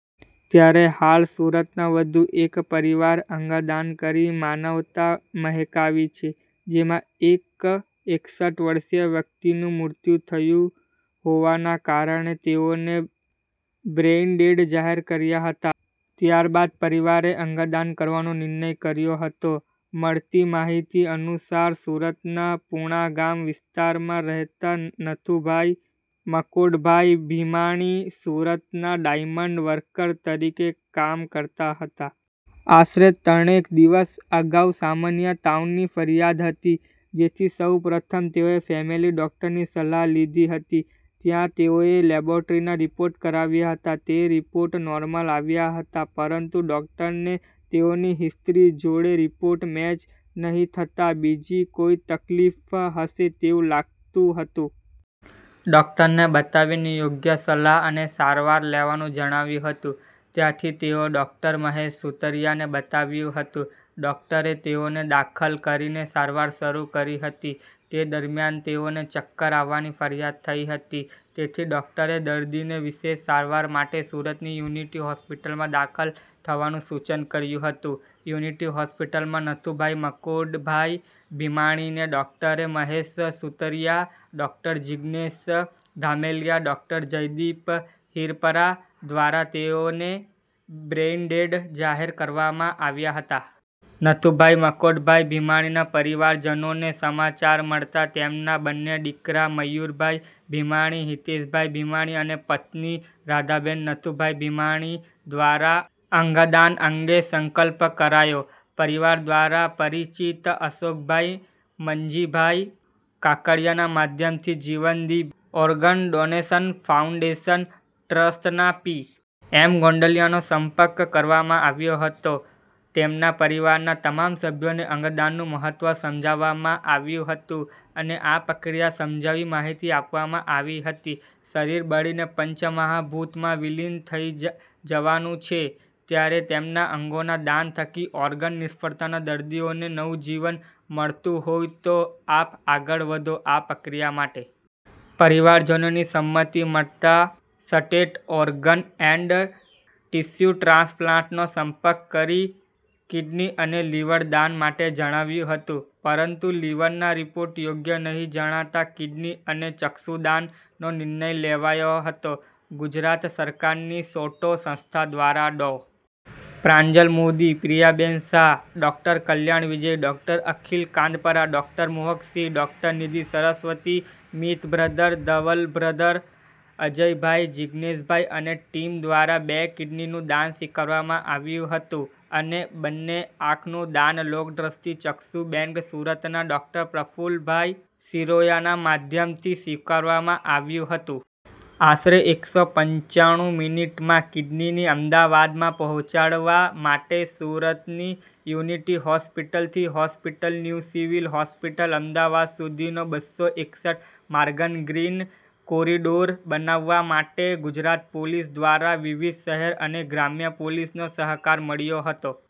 ત્યારે હાલ સુરતના વધુ એક પરિવારે અંગદાન કરી માનવતા મહેકાવી છે. જેમાં એક એકસઠ વર્ષીય વ્યક્તિનું મૃત્યુ થયું હોવાને કારણે તેઓને બ્રેઇનડેડ જાહેર કર્યા હતા. ત્યારબાદ પરિવારે અંગદાન કરવાનો નિર્ણય કર્યો હતો. મળતી માહિતી અનુસાર, સુરતના પુણાગામ વિસ્તારમાં રહેતા નથુભાઈ મકોડભાઈ ભીમાણી સુરતમાં ડાયમંડ વર્કર તરીકે કામ કરતા હતા. આશરે ત્રણેક દિવસ અગાઉ સામાન્ય તાવની ફરિયાદ હતી, જેથી સૌ પ્રથમ તેઓએ ફેમેલી ડોક્ટરની સલાહ લીધી હતી, ત્યાં તેઓએ લેબોરેટરી ના રીપોર્ટ કરાવ્યા હતા, તે રીપોર્ટ નોર્મલ આવ્યા હતા પરંતુ ડોક્ટરને તેઓની હિસ્ટ્રી જોડે રીપોર્ટ મેચ નહી થતા, બીજી કોઈ તકલીફ હશે તેવું લાગતું હતું. ડોક્ટરને બતાવી યોગ્ય સલાહ અને સારવાર લેવાનું જણાવ્યું હતું, ત્યાંથી તેઓ ડોક્ટર મહેશ સુતરીયા ને બતાવ્યું હતું, ડોકટરે તેઓને દાખલ કરીને સારવાર શરુ કરી હતી, તે દરમ્યાન તેઓને ચક્કર આવવાની ફરિયાદ થઈ હતી, જેથી ડોકટરે દર્દીને વિશેષ સારવાર માટે સુરતની યુનિટી હોસ્પીટલમાં દાખલ થવા સૂચન કર્યું હતું યુનિટી હોસ્પીટલમાં નથુભાઈ મકોડભાઈ ભીમાણીને doctor Mahesh Sutariya, doctor Jignesh Dhameliya, doctor Jaydeep Hirpara દ્વારા તેઓને બ્રેઈનડેડ જાહેર કરવામાં આવ્યા હતા. નથુભાઈ મકોડભાઈ ભીમાણીના પરિવારજનોને સમાચાર મળતા તેમના બંને દીકરા મયુરભાઈ ભીમાણી, હિતેશભાઈ ભીમાણી અને પત્ની રાધાબેન નથુભાઈ ભીમાણી દ્વારા અંગદાન અંગે સંકલ્પ કરાયો. પરિવાર દ્વારા પરિચિત અશોકભાઈ મનજીભાઈ કાકડિયાના માધ્યમથી જીવનદીપ ઓર્ગનડોનેશન ફાઉન્ડેશન ટ્રસ્ટના પી. એમ. ગોંડલિયાનો સંપર્ક કરવામાં આવ્યો હતો, તેમના પરિવારના તમામ સભ્યોને અંગદાનનું મહત્વ સમજાવવામાં આવ્યું હતું અને પ્રક્રિયા સમજાવી માહિતી આપવામાં આવી હતી. શરીર બળીને પંચમહાભૂતમાં વિલીન થઈ જવાનું છે, ત્યારે તેમના અંગોના દાન થકી ઓર્ગન નિષ્ફળતાના દર્દીઓને નવજીવન મળતું હોઈ તો આપ આગળ વધો આ પ્રક્રિયા માટે. પરિવારજનોની સંમતી મળતા state organ and tissue transplant નો સંપર્ક કરી કીડની અને લીવર દાન માટે જણાવ્યું હતું. પરંતુ લીવરના રીપોર્ટ યોગ્ય નહીં જણાતા કિડની અને ચક્ષુદાન નો નિર્ણય લેવાયો હતો. ગુજરાત સરકારની સોટો સંસ્થા દ્વારા ડો. Pranjal Modi, Priyaben Shah, doctor Kalyan Vijay, doctor Akhil Kandpara, doctor Mohak Singh, doctor Nidhi Saraswati, Mit brother, Dhaval brother, Ajaybhai, Jigneshbhai અને ટિમ દ્વારા બે કીડનીનું દાન સ્વીકારવામાં આવ્યું હતું, અને બંને આંખનું દાન લોક્દ્રષ્ટિ ચક્ષુ બેંક સુરતના ડોક્ટર પ્રફુલભાઈ શિરોયાના માધ્યમથી સ્વીકારવામાં આવ્યું હતું. આશરે એકસો પંચાણું મીનીટમાં કીડની અમદાવાદમાં પહોંચાડવા માટે સુરતની યુનિટી હોસ્પિટલ થી hospital, new civil hospital, Ahmedabad સુધીના બસો એકસઠ માર્ગને ગ્રીન કોરીડોર બનાવવા માટે ગુજરાત પોલીસ દ્વારા વિવિધ શહેર અને ગ્રામ્ય પોલીસનો સહકાર મળ્યો હતો.